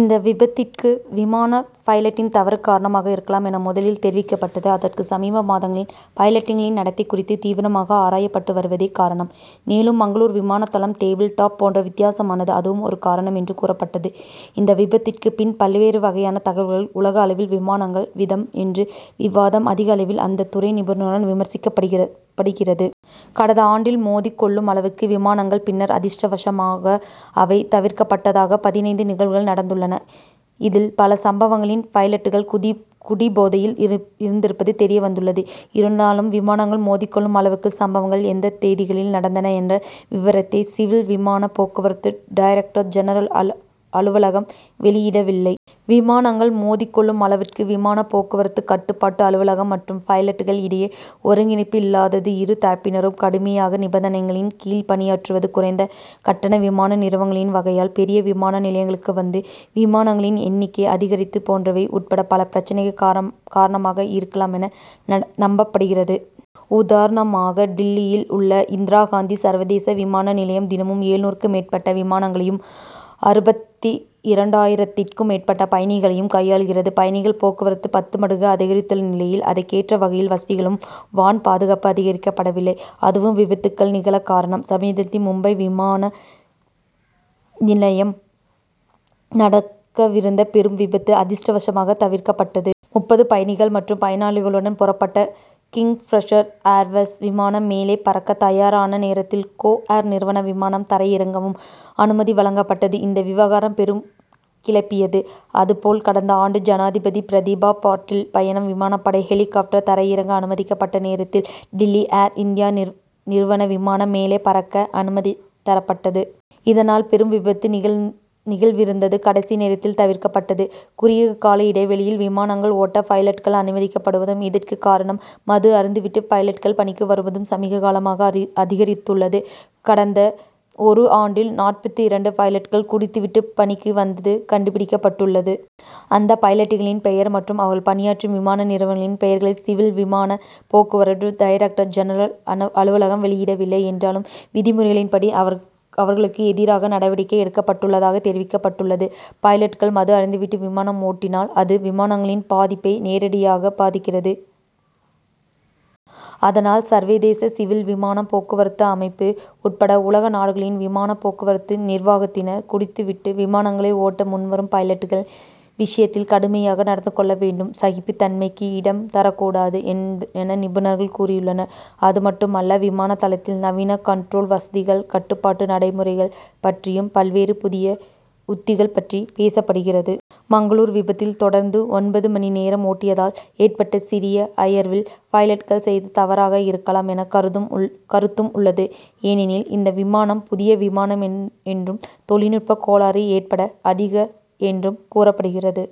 இந்த விபத்திற்கு விமான பைலட்டின் தவறு காரணமாக இருக்கலாம் என முதலில் தெரிவிக்கப்பட்டது. அதற்கு சமீப மாதங்களில் பைலட்களின் நடத்தைகள் குறித்து தீவிரமாக ஆராயப்பட்டு வருவதே காரணம். மேலும் மங்களூரு விமானதளம் டேபிள் டாப் போன்று வித்தியாசமானது அதுவும் ஒரு காரணம் என்று கூறப்பட்டது. இந்த விபத்திற்குப் பின் பல்வேறு வகையான தகவல்கள் உலக அளவில் விமானங்கள் விதம் என்று விவாதம் அதிகளவில் அந்த துறை நிபுணர்ளால் விமர்சிக்கப்படுகிறது. கடந்த ஆண்டில் மோதிக் கொள்ளும் அளவுக்கு விமானங்கள் பின்னர் அதிர்ஷ்டவசமாக அவை தவிர்க்கப்பட்டதாக பதினைந்து நிகழ்வுகள் நடந்துள்ளன. இதில் பல சம்பவங்களின் பைலட்கள் குடிபோதையில் இருந்திருப்பது தெரியவந்துள்ளது. இருந்தாலும் விமானங்கள் மோதிக்கொள்ளும் அளவுக்கு சம்பவங்கள் எந்த தேதிகளில் நடந்தன என்ற விவரத்தை சிவில் விமான போக்குவரத்து டைரக்டர் ஜெனரல் அலுவலகம் வெளியிடவில்லை. விமானங்கள் மோதிக் கொள்ளும் அளவுக்கு விமான போக்குவரத்து கட்டுப்பாட்டு அலுவலகம் மற்றும் பைலட்கள் இடையே ஒருங்கிணைப்பு இல்லாதது இரு தரப்பினரும் கடுமையான நிர்பந்தங்களின் கீழ் பணியாற்றுவது குறைந்த கட்டண விமான நிறுவனங்களின் வருகையால் பெரிய விமான நிலையங்களுக்கு வந்து விமானங்களின் எண்ணிக்கை அதிகரித்து போன்றவை உட்பட பல பிரச்னைகள் காரணமாக இருக்கலாம் என நம்பப்படுகிறது. உதாரணமாக டில்லியில் உள்ள இந்திரா காந்தி சர்வதேச விமான நிலையம் தினமும் எழுநூறுக்கும் மேற்பட்ட விமானங்களையும் அறுபத்திரண்டாயிரத்திற்கும் மேற்பட்ட பயணிகளையும் கையாள்கிறது. பயணிகள் போக்குவரத்து பத்து மடங்கு அதிகரித்துள்ள நிலையில் அதற்கேற்ற வகையில் வசதிகளும் வான் பாதுகாப்பும் அதிகரிக்கப்படவில்லை. அதுவும் விபத்துகள் நிகழ காரணம். சமீபத்தில் மும்பை விமான நிலையம் நடக்கவிருந்த பெரும் விபத்து அதிர்ஷ்டவசமாக தவிர்க்கப்பட்டது. முப்பது பயணிகள் மற்றும் பணியாட்களுடன் புறப்பட்ட கிங்பிஷர் ஏர்வேஸ் விமானம் மேலே பறக்க தயாரான நேரத்தில் கோ ஏர் நிறுவன விமானம் தரையிறங்கவும் அனுமதி வழங்கப்பட்டது. இந்த விவகாரம் பெரும் கிளப்பியது. அதே போல் கடந்த ஆண்டு ஜனாதிபதி பிரதிபா பாட்டீல் பயணம் விமானப் படை ஹெலிகாப்டர் தரையிறங்க அனுமதிக்கப்பட்ட நேரத்தில் டில்லி ஏர்-இந்தியா நிறுவன விமானம் மேலே பறக்க அனுமதி தரப்பட்டது. இதனால் பெரும் விபத்து நிகழவிருந்தது கடைசி நேரத்தில் தவிர்க்கப்பட்டது. குறுகிய கால இடைவெளியில் விமானங்களை ஓட்ட பைலட்கள் அனுமதிக்கப்படுவதும் இதற்கு காரணம். மது அருந்தி விட்டு பைலட்கள் பணிக்கு வருவதும் சமீப காலமாக அதிகரித்துள்ளது. கடந்த ஒரு ஆண்டில் நாற்பத்திரண்டு பைலட்கள் குடித்து விட்டு பணிக்கு வந்தது கண்டுபிடிக்கப்பட்டுள்ளது. அந்த பைலட்களின் பெயர் மற்றும் அவர்கள் பணியாற்றும் விமான நிறுவனங்களின் பெயர்களை சிவில் விமானப் போக்குவரத்து டைரக்டர் ஜெனரல் அலுவலகம் வெளியிடவில்லை என்றாலும் விதிமுறைகளின்படி அவர்களுக்கு எதிராக நடவடிக்கை எடுக்கப்பட்டுள்ளதாகத் தெரிவிக்கப்பட்டுள்ளது. பைலட்கள் மது அருந்தி விட்டு விமானங்களை ஓட்டினால் அது விமானங்களின் பாதுகாப்பை நேரடியாக பாதிக்கிறது. அதனால் சர்விதேச சிவில் விமான போக்குவரத்து அமைப்பு உட்பட உலக நாடுகளில் விமான போக்குவரத்து நிர்வாகத்தினர் குடித்து விட்டு விமானங்களை ஓட்ட முன்வரும் பைலட்கள் விஷயத்தில் கடுமையாக நடந்து கொள்ள வேண்டும். சகிப்புத் தன்மைக்கு இடம் தரக்கூடாது என நிபுணர்கள் கூறியுள்ளனர். அது மட்டும் அல்ல விமான தளத்தில் நவீன கன்ட்ரோல் வசதிகள் கட்டுப்பாட்டு நடைமுறைகள் பற்றியும் பல்வேறு புதிய உத்திகள் பற்றி பேசப்படுகிறது. மங்களூரு விபத்தில் தொடர்ந்து ஒன்பது மணி நேரம் ஓட்டியதால் ஏற்பட்ட சிறிய அயர்வில் பைலட்கள் செய்த தவறாக இருக்கலாம் என்ற கருத்தும் உள்ளது. ஏனெனில் இந்த விமானம் புதிய விமானம் என்றும் தொழில்நுட்பக் கோளாறு ஏற்பட அதிக என்றும் கூறப்படுகிறது.